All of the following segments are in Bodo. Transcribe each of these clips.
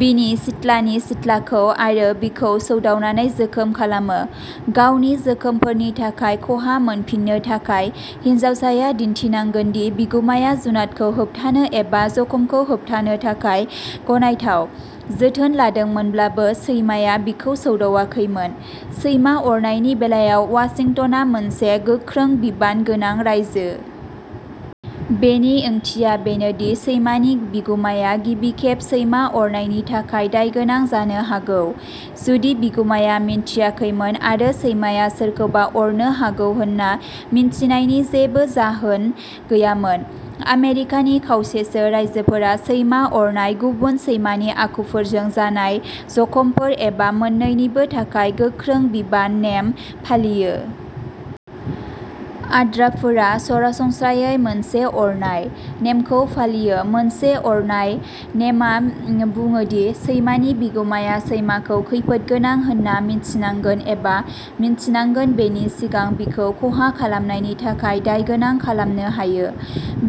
बिनि सिथ्लानि सिथ्लाखौ आरो बिखौ सौदावनानै जोखोम खालामो। गावनि जोखोमफोरनि थाखाय खहा मोनफिन्नो थाखाय, हिनजावसाया दिन्थिनांगोन दि बिगुमाया जुनादखौ होबथानो एबा जखमखौ होबथानो थाखाय गनायथाव जोथोन लादोंमोनब्लाबो सैमाया बिखौ सौदावाखैमोन। सैमा अरनायनि बेलायाव वाशिंटनआ मोनसे "गोख्रों बिबान" गोनां रायजो। बेनि ओंथिया बेनोदि सैमानि बिगुमाया गिबि खेब सैमा अरनायनि थाखाय दायगोनां जानो हागौ, जुदि बिगुमाया मिथियाखैमोन आरो सैमाया सोरखौबा अरनो हागौ होन्ना मिन्थिनायनि जेबो जाहोन गैयामोन। आमेरिकानि खावसेसो रायजोफोरा सैमा अरनाय, गुबुन सैमानि आखुफोरजों जानाय जखमफोर, एबा मोन्नैनिबो थाखाय "गोख्रों बिबान" नेम फालियो। आद्राफोरा सरासनस्रायै "मोनसे अरनाय" नेमखौ फालियो। "मोनसे अरनाय" नेमआ बुङो दि सैमानि बिगुमाया सैमाखौ खैफोदगोनां होनना मिन्थिनांगोन एबा मिन्थिनांगोन बेनि सिगां बिखौ खहा खालामनायनि थाखाय दाय गोनां खालामनो हायो।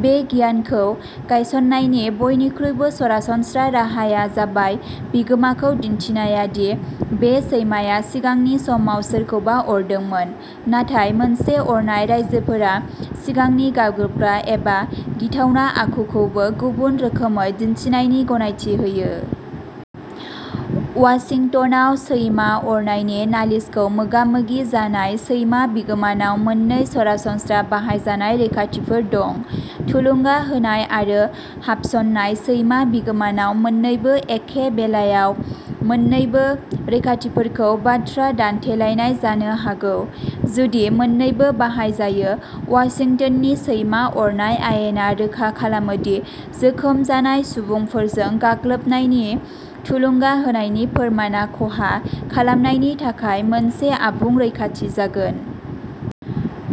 बे गियानखौ गायसननायनि बयनिख्रुइबो सरासनस्रा राहाया जाबाय बिगोमाखौ दिन्थिनाया दि बे सैमाया सिगांनि समाव सोरखौबा अरदोंमोन, नाथाय "मोनसे अरनाय" रायजोफोरा सिगांनि गाग्लोबग्रा एबा गिथावना आखुखौबो गुबुन रोखोमै दिन्थिनायनि गनायथि होयो। वाशिंटनआव सैमा अरनायनि नालिसखौ मोगा-मोगि जानाय सैमा बिगोमानाव मोननै सरासनस्रा बाहायजानाय रैखाथिफोर दं। थुलुंगा होनाय आरो हाबसननाय सैमा बिगोमानाव मोननैबो एखे बेलायाव मोन्नैबो रैखाथिफोरखौ बाथ्रा दान्थेलायनाय जानो हागौ, जुदि मोननैबो बाहायजायो। वाशिंटननि सैमा अरनाय आयेना रोखा खालामो दि "जोखोम जानाय सुबुंफोरजों गाग्लोबनायनि थुलुंगा होनायनि फोरमानआ खहा खालामनायनि थाखाय मोनसे आबुं रैखाथि जागोन।"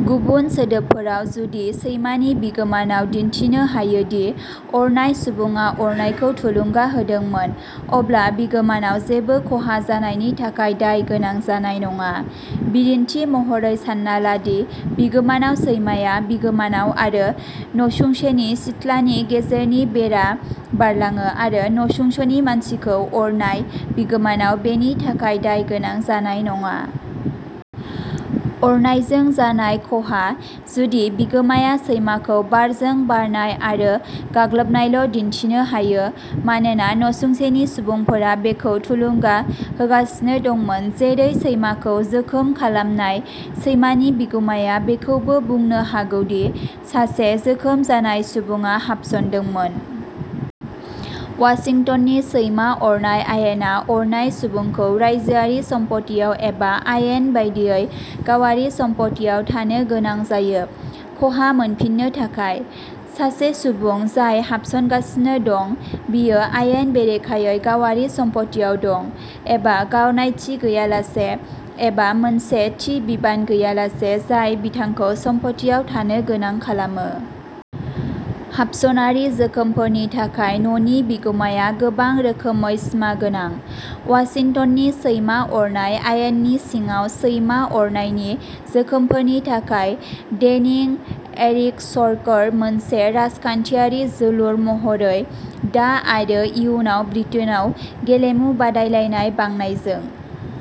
गुबुन सोदोबफोराव, जुदि सैमानि बिगोमानाव दिन्थिनो हायो दि अरनाय सुबुङा अरनायखौ थुलुंगा होदोंमोन, अब्ला बिगोमानाव जेबो खहा जानायनि थाखाय दाय गोनां जानाय नङा। बिदिन्थि महरै, सान्ना ला दि बिगोमानाव सैमाया बिगोमानाव आरो नसुंस'नि सिथ्लानि गेजेरनि बेरा बारलाङो आरो नसुंस'नि मानसिखौ अरनाय, बिगोमानाव बेनि थाखाय दाय गोनां जानाय नङा। अरनायजों जानाय खहा, जुदि बिगुमाया सैमाखौ बारजों बारनाय आरो गाग्लोबनायल'दिन्थिनो हायो मानोना नसुंसेनि सुबुंफोरा बेखौ थुलुंगा होगासिनो दंमोन-- जेरै सैमाखौ जोखोम खालामनाय। सैमानि बिगुमाया बेखौबो बुंनो हागौ दि सासे जोखोम जानाय सुबुङा हाबसनदोंमोन। वाशिंटननि सैमा अरनाय आयेना अरनाय सुबुंखौ रायजोआरि सम्फथियाव एबा "आयेन बायदियै" गावारि सम्फथियाव थानो गोनां जायो, खहा मोनफिन्नो थाखाय। सासे सुबुं जाय हाबसनगासिनो दं बियो आयेन बेरेखायै गावारि सम्फथियाव दं, एबा गावनायथि गैयालासे एबा मोनसे थि बिबान गैयालासे जाय बिथांखौ सम्फथियाव थानो गोनां खालामो। हाबसनारि जोखोमफोरनि थाखाय न'नि बिगुमाया गोबां रोखोमै सिमागोनां, वाशिंटननि सैमा अरनाय आयेननि सिङाव सैमा अरनायनि जोखोमफोरनि थाखाय डेनिं, एरिक सरकर मोनसे राजखान्थियारि जोलुर महरैः दा आरो इयुनाव ब्रिटेनआव गेलेमु बादायलायनाय बांनायजों।